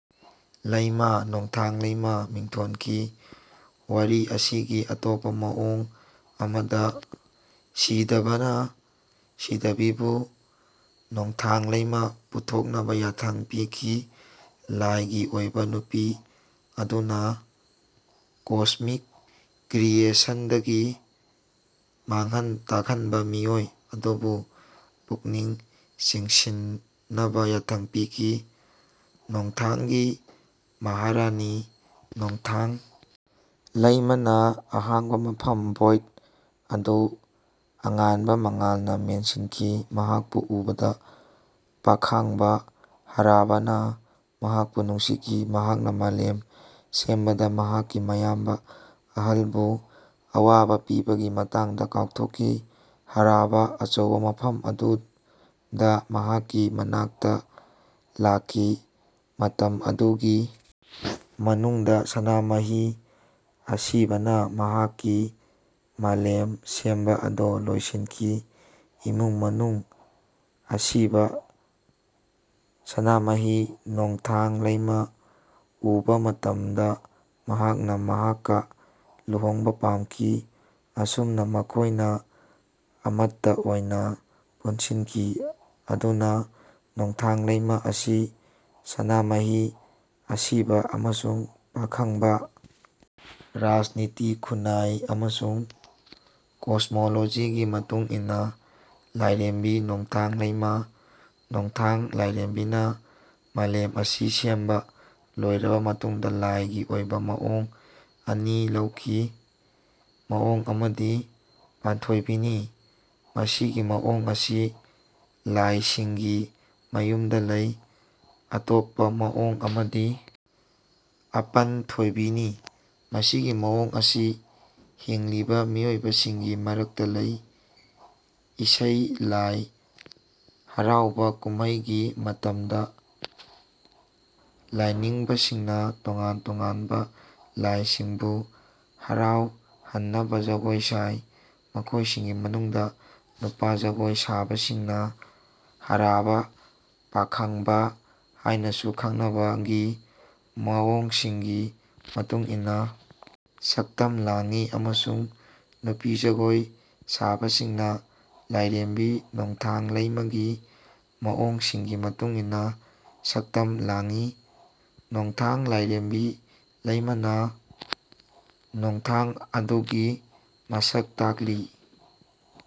ꯂꯩꯃ ꯅꯣꯡꯊꯥꯡ ꯂꯩꯃ ꯃꯤꯡꯊꯣꯟꯈꯤ꯫ ꯋꯥꯔꯤ ꯑꯁꯤꯒꯤ ꯑꯇꯣꯞꯄ ꯃꯑꯣꯡ ꯑꯃꯗ ꯁꯤꯗꯥꯕꯥꯅ ꯁꯤꯗꯥꯕꯤꯕꯨ ꯅꯣꯡꯊꯥꯡ ꯂꯩꯃꯥ ꯄꯨꯊꯣꯛꯅꯕ ꯌꯥꯊꯪ ꯄꯤꯈꯤ ꯂꯥꯏꯒꯤ ꯑꯣꯏꯕ ꯅꯨꯄꯤ ꯑꯗꯨꯅ ꯀꯣꯁꯃꯤꯛ ꯀ꯭ꯔꯤꯌꯦꯁꯟꯗꯒꯤ ꯃꯥꯡꯍꯟ ꯇꯥꯛꯍꯟꯕ ꯃꯤꯑꯣꯏ ꯑꯗꯨꯕꯨ ꯄꯨꯛꯅꯤꯡ ꯆꯤꯡꯁꯤꯟꯅꯕ ꯌꯥꯊꯪ ꯄꯤꯈꯤ꯫ ꯅꯣꯡꯊꯥꯡꯒꯤ ꯃꯍꯥꯔꯥꯅꯤ ꯅꯣꯡꯊꯥꯡ ꯂꯩꯃꯥꯅ ꯑꯍꯥꯡꯕ ꯃꯐꯝ ꯚꯣꯏꯗ ꯑꯗꯨ ꯑꯉꯥꯟꯕ ꯃꯉꯥꯜꯅ ꯃꯦꯟꯁꯤꯟꯈꯤ꯫ ꯃꯍꯥꯛꯄꯨ ꯎꯕꯗ ꯄꯥꯈꯥꯡꯕꯥ ꯍꯔꯥꯕꯥꯅ ꯃꯍꯥꯛꯄꯨ ꯅꯨꯡꯁꯤꯈꯤ꯫ ꯃꯍꯥꯛꯅ ꯃꯥꯂꯦꯝ ꯁꯦꯝꯕꯗ ꯃꯍꯥꯛꯀꯤ ꯃꯌꯥꯝꯕ ꯑꯍꯜꯕꯨ ꯑꯋꯥꯕ ꯄꯤꯕꯒꯤ ꯃꯇꯥꯡꯗ ꯀꯥꯎꯊꯣꯛꯈꯤ꯫ ꯍꯔꯥꯕꯥ ꯑꯆꯧꯕ ꯃꯐꯝ ꯑꯗꯨꯗ ꯃꯍꯥꯛꯀꯤ ꯃꯅꯥꯛꯇ ꯂꯥꯛꯈꯤ꯫ ꯃꯇꯝ ꯑꯗꯨꯒꯤ ꯃꯅꯨꯡꯗ ꯁꯅꯥꯃꯍꯤ ꯑꯁꯤꯕꯥꯅ ꯃꯍꯥꯛꯀꯤ ꯃꯥꯂꯦꯝ ꯁꯦꯝꯕ ꯑꯗꯨ ꯂꯣꯏꯁꯤꯟꯈꯤ꯫ ꯏꯃꯨꯡ ꯃꯅꯨꯡ ꯑꯁꯤꯕꯥ ꯁꯅꯥꯃꯍꯤꯅ ꯅꯣꯡꯊꯥꯡ ꯂꯩꯃꯥ ꯎꯕ ꯃꯇꯝꯗ ꯃꯍꯥꯛꯅ ꯃꯍꯥꯛꯀ ꯂꯨꯍꯣꯡꯕ ꯄꯥꯝꯈꯤ꯫ ꯑꯁꯨꯝꯅ ꯃꯈꯣꯏꯅ ꯑꯃꯠꯇ ꯑꯣꯏꯅ ꯄꯨꯟꯁꯤꯟꯈꯤ꯫ ꯑꯗꯨꯅ ꯅꯣꯡꯊꯥꯡ ꯂꯩꯃꯥ ꯑꯁꯤ ꯁꯅꯥꯃꯍꯤ ꯑꯁꯤꯕꯥ ꯑꯃꯁꯨꯡ ꯄꯥꯈꯥꯡꯕꯥ ꯔꯥꯖꯅꯤꯇꯤ ꯈꯨꯟꯅꯥꯏ ꯑꯃꯁꯨꯡ ꯀꯣꯁꯃꯣꯂꯣꯖꯤꯒꯤ ꯃꯇꯨꯡ ꯏꯟꯅ ꯂꯥꯏꯔꯦꯝꯕꯤ ꯅꯣꯡꯊꯥꯡ ꯂꯩꯃꯥ ꯅꯣꯡꯊꯥꯡ ꯂꯥꯏꯔꯦꯝꯕꯤꯅ ꯃꯥꯂꯦꯝ ꯑꯁꯤ ꯁꯦꯝꯕ ꯂꯣꯏꯔꯕ ꯃꯇꯨꯡꯗ ꯂꯥꯏꯒꯤ ꯑꯣꯏꯕ ꯃꯑꯣꯡ ꯑꯅꯤ ꯂꯧꯈꯤ꯫ ꯃꯑꯣꯡ ꯑꯃꯗꯤ ꯄꯥꯟꯊꯣꯏꯕꯤꯅꯤ꯫ ꯃꯁꯤꯒꯤ ꯃꯑꯣꯡ ꯑꯁꯤ ꯂꯥꯏꯁꯤꯡꯒꯤ ꯃꯌꯨꯝꯗ ꯂꯩ꯫ ꯑꯇꯣꯞꯄ ꯃꯑꯣꯡ ꯑꯃꯗꯤ ꯑꯄꯟꯊꯣꯏꯕꯤꯅꯤ꯫ ꯃꯁꯤꯒꯤ ꯃꯑꯣꯡ ꯑꯁꯤ ꯍꯤꯡꯂꯤꯕ ꯃꯤꯑꯣꯏꯁꯤꯡꯒꯤ ꯃꯔꯛꯇ ꯂꯩ꯫ ꯏꯁꯩ ꯂꯥꯏ ꯍꯔꯥꯎꯕꯥ ꯀꯨꯝꯍꯩꯒꯤ ꯃꯇꯝꯗ ꯂꯥꯏꯅꯤꯡꯕꯁꯤꯡꯅ ꯇꯣꯉꯥꯟ ꯇꯣꯉꯥꯟꯕ ꯂꯥꯏꯁꯤꯡꯕꯨ ꯍꯔꯥꯎꯍꯟꯅꯕ ꯖꯒꯣꯏ ꯁꯥꯏ꯫ ꯃꯈꯣꯏꯁꯤꯡꯒꯤ ꯃꯅꯨꯡꯗ ꯅꯨꯄꯥ ꯖꯒꯣꯏ ꯁꯥꯕꯁꯤꯡꯅ ꯍꯔꯥꯕꯥ ꯄꯥꯈꯥꯡꯕꯥ ꯍꯥꯏꯅꯁꯨ ꯈꯪꯅꯕ ꯒꯤ ꯃꯑꯣꯡꯁꯤꯡꯒꯤ ꯃꯇꯨꯡ ꯏꯟꯅ ꯁꯛꯇꯝ ꯂꯥꯡꯏ ꯑꯃꯁꯨꯡ ꯅꯨꯄꯤ ꯖꯒꯣꯏ ꯁꯥꯕꯁꯤꯡꯅ ꯂꯥꯏꯔꯦꯝꯕꯤ ꯅꯣꯡꯊꯥꯡ ꯂꯩꯃꯥꯒꯤ ꯃꯑꯣꯡꯁꯤꯡꯒꯤ ꯃꯇꯨꯡ ꯏꯟꯅ ꯁꯛꯇꯝ ꯂꯥꯡꯏ꯫ ꯅꯣꯡꯊꯥꯡ ꯂꯥꯏꯔꯦꯝꯕꯤ ꯂꯩꯃꯥꯅ ꯅꯣꯡꯊꯥꯡ ꯑꯗꯨꯒꯤ ꯃꯁꯛ ꯇꯥꯛꯂꯤ꯫